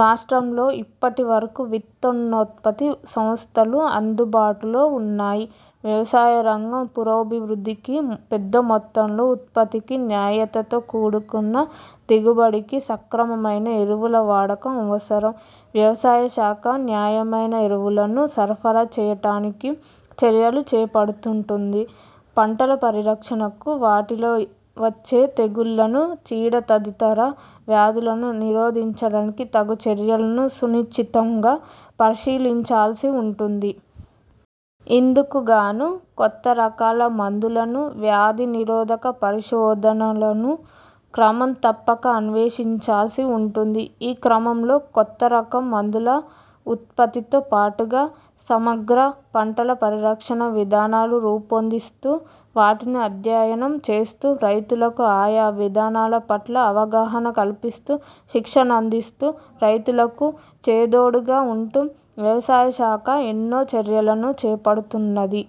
రాష్ట్రంలో ఇప్పటివరకు విత్తనోత్పత్తి సంస్థలు అందుబాటులో ఉన్నాయి. వ్యవసాయరంగం పురోభివృద్ధికి, పెద్దమొత్తంలో ఉత్పత్తికి, న్యాయతతో కూడుకున్న దిగుబడికి సక్రమమైన ఎరువుల వాడకం అవసరం. వ్యవసాయ శాఖ న్యాయమైన ఎరువులను సరఫరా చేయటానికి చర్యలు చేపడుతుంటుంది. పంటల పరిరక్షణకు, వాటిలో వచ్చే తెగుళ్లను, చీడ తదితర వ్యాధులను నిరోధించడానికి తగు చర్యలను సునిశితంగా పరిశీలించాల్సి ఉంటుంది. ఇందుకుగాను కొత్త రకాల మందులను, వ్యాధి నిరోధక పరిశోధనలను క్రమం తప్పక అన్వేషించాల్సి ఉంటుంది. ఈ క్రమంలో కొత్త రకం మందుల ఉత్పత్తితో పాటుగా, సమగ్ర పంటల పరిరక్షణ విధానాలు రూపొందిస్తూ, వాటిని అధ్యయనం చేస్తూ, రైతులకు ఆయా విధానాల పట్ల అవగాహన కల్పిస్తూ, శిక్షణనందిస్తూ, రైతన్నలకు చేదోడుగా ఉంటూ వ్యవసాయ శాఖ ఎన్నో చర్యలను చేపడుతున్నది.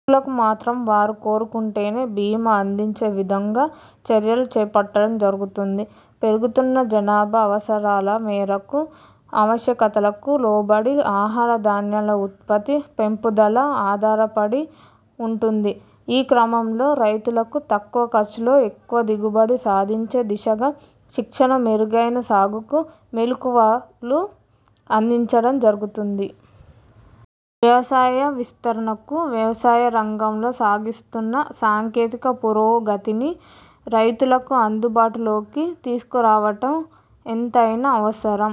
ఇతరులకు మాత్రం వారు కోరుకుంటేనే భీమా అందించే విధంగా చర్యలు చేపట్టడం జరుగుతుంది. పెరుగుతున్న జనాభా అవసరాల మేరకు, ఆవశ్యకతలకు లోబడి ఆహార ధాన్యాల ఉత్పత్తి, పెంపుదల ఆధారపడి ఉంటుంది. ఈ క్రమంలో రైతులకు తక్కువ ఖర్చులో ఎక్కువ దిగుబడి సాధించే దిశగా శిక్షణ, మెరుగైన సాగుకు మెళుకువలు అందించడం జరుగుతుంది. వ్యవసాయ విస్తరణకు, వ్యవసాయ రంగంలో సాగిస్తున్న సాంకేతిక పురోగతిని, రైతులకు అందుబాటులోకి తీసుకురావటం ఎంతయినా అవసరం.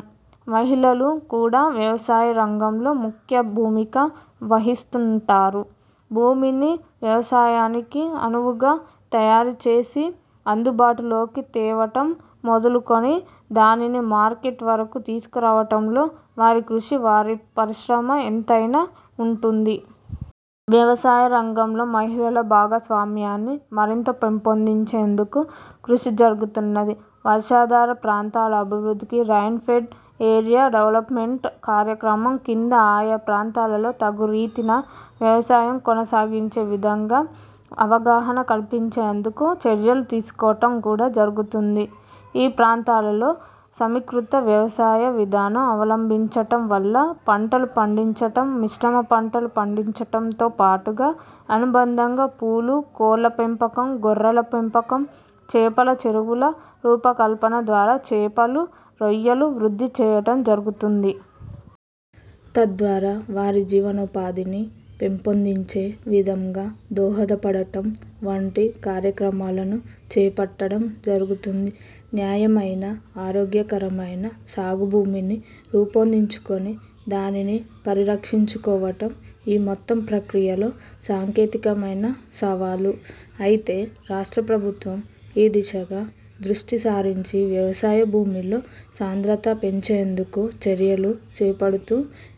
మహిళలు కూడా వ్యవసాయ రంగంలో ముఖ్య భూమిక వహిస్తుంటారు. భూమిని వ్యవసాయానికి అణువుగా తయారు చేసి అందుబాటులోకి తేవటం మొదలుకుని దానిని మార్కెట్ వరకు తీసుకురావటంలో వారి కృషి, వారి పరిశ్రమ ఎంతయినా ఉంటుంది. వ్యవసాయ రంగంలో మహిళల భాగస్వామ్యాన్ని మరింత పెంపొందించేందుకు కృషి జరుగుతున్నది. వర్షాధార ప్రాంతాల అభివృద్ధికి ''rain fed area development'' కార్యక్రమం కింద ఆయా ప్రాంతాలలో తగురీతిన వ్యవసాయం కొనసాగించే విధంగా అవగాహన కల్పించేందుకు చర్యలు తీసుకోవటం కూడా జరుగుతుంది. ఈ ప్రాంతాలలో సమీకృత వ్యవసాయ విధానం అవలంభించటం వల్ల పంటలు పండించటం, మిశ్రమ పంటలు పండించటంతో పాటుగా అనుబంధంగా పూలు, కోళ్ళ పెంపకం, గొర్రెల పెంపకం, చేపల చెరువుల రూపకల్పన ద్వారా చేపలు, రొయ్యలు, వృద్ధి చేయటం జరుగుతుంది. తద్వారా, వారి జీవనోపాధిని పెంపొందించే విధంగా దోహదపడటం వంటి కార్యక్రమాలను చేపట్టడం జరుగుతుంది. న్యాయమైన, ఆరోగ్యకరమైన సాగుభూమిని రూపొందించుకొని దానిని పరిరక్షించుకోవటం ఈ మొత్తం ప్రక్రియలో సాంకేతికమైన సవాలు. అయితే రాష్ట్ర ప్రభుత్వం ఈ దిశగా దృష్టి సారించి వ్యవసాయ భూమిలో సాంద్రత పెంచేందుకు చర్యలు చేపడుతూ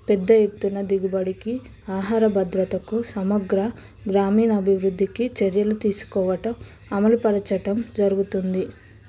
పెద్ద ఎత్తున దిగుబడికి, ఆహార భద్రతకు, సమగ్ర గ్రామీణాభివృద్ధికి చర్యలు తీసుకోవటం, అమలుపరచటం జరుగుతుంది.